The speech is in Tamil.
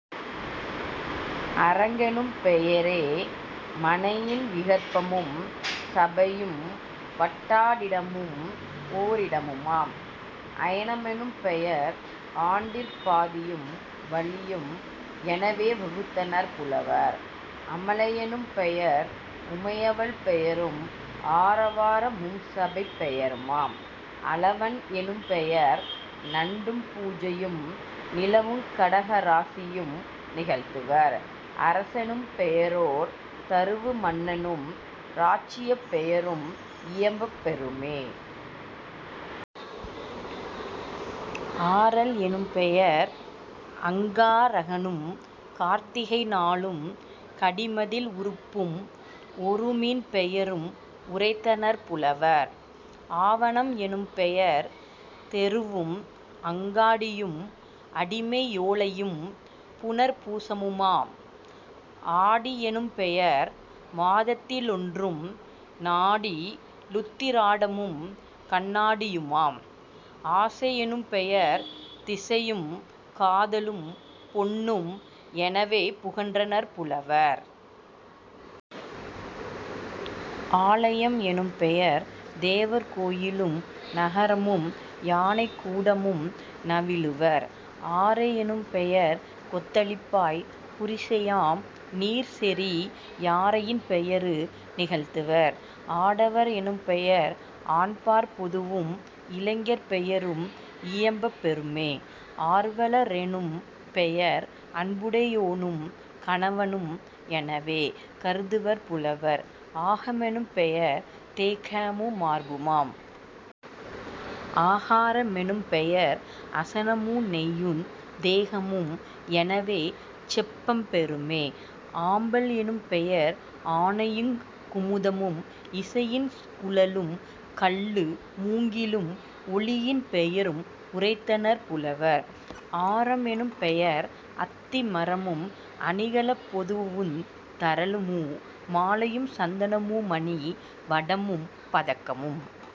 அரங்கெனும் பெயரே மனையின் விகற்பமும் சபையும் வட்டா டிடமும்ஓ ரிடமுமாம்..... அயன மெனும்பெயர் ஆண்டிற் பாதியும் வழியும் எனவே வகுத்தனர் புலவர்..... அமலை யெனும்பெயர் உமையவள் பெயரும் ஆர வார மும்சபைப் பெயருமாம்..... அலவன் எனும்பெயர் நண்டும் பூஞையும் நிலவுங் கடக ராசியும் நிகழ்த்துவர்..... அரசெனும் பெயரோர் தருவு மன்னனும் ராச்சியப் பெயரும் இயம்பப் பெறுமே..... ஆரல் எனும்பெயர் அங்கா ரகனும் கார்த்திகை நாளும் கடிமதில் உறுப்பும் ஒருமீன் பெயரும் உரைத்தனர் புலவர்..... ஆவணம் எனும்பெயர் தெருவும் அங்காடியும் அடிமை யோலையும் புனர்பூ சமுமாம்..... ஆடி யெனும்பெயர் மாதத்தி லொன்றும் நாடி லுத்திராடமும் கண்ணா டியுமாம்..... ஆசை யெனும்பெயர் திசையும் காதலும் பொன்னும் எனவே புகன்றனர் புலவர்..... ஆலையம் எனும்பெயர் தேவர் கோயிலும் நகரமும் யானைக் கூடமும் நவிலுவர்..... ஆரை எனும்பெயர் கொத்தளிப்பாய் புரிசையாம் நீர்செறி யாரையின் பெயரு நிகழ்த்துவர்..... ஆடவர் எனும்பெயர் ஆண்பாற் பொதுவும் இளைஞர் பெயரும் இயம்பப் பெறுமே..... ஆர்வல ரெனும்பெயர் அன்புடை யோனும் கணவனும் எனவே கருதுவர் புலவர்..... ஆக மெனும்பெயர் தேகமு மார்புமாம்.....। ஆகார மெனும்பெயர் அசனமு நெய்யுந் தேகமும் எனவே செப்பப் பெறுமே..... ஆம்பல் எனும்பெயர் ஆனையுங் குமுதமும் இசையின் குழலும் கள்ளு மூங்கிலும் ஒலியின் பெயரும் உரைத்தனர் புலவர்..... ஆரம் எனும்பெயர் அத்தி மரமும் அணிகலப் பொதுவுந் தரளமு மாலையும் சந்தன முமணி வடமும் பதக்கமும்.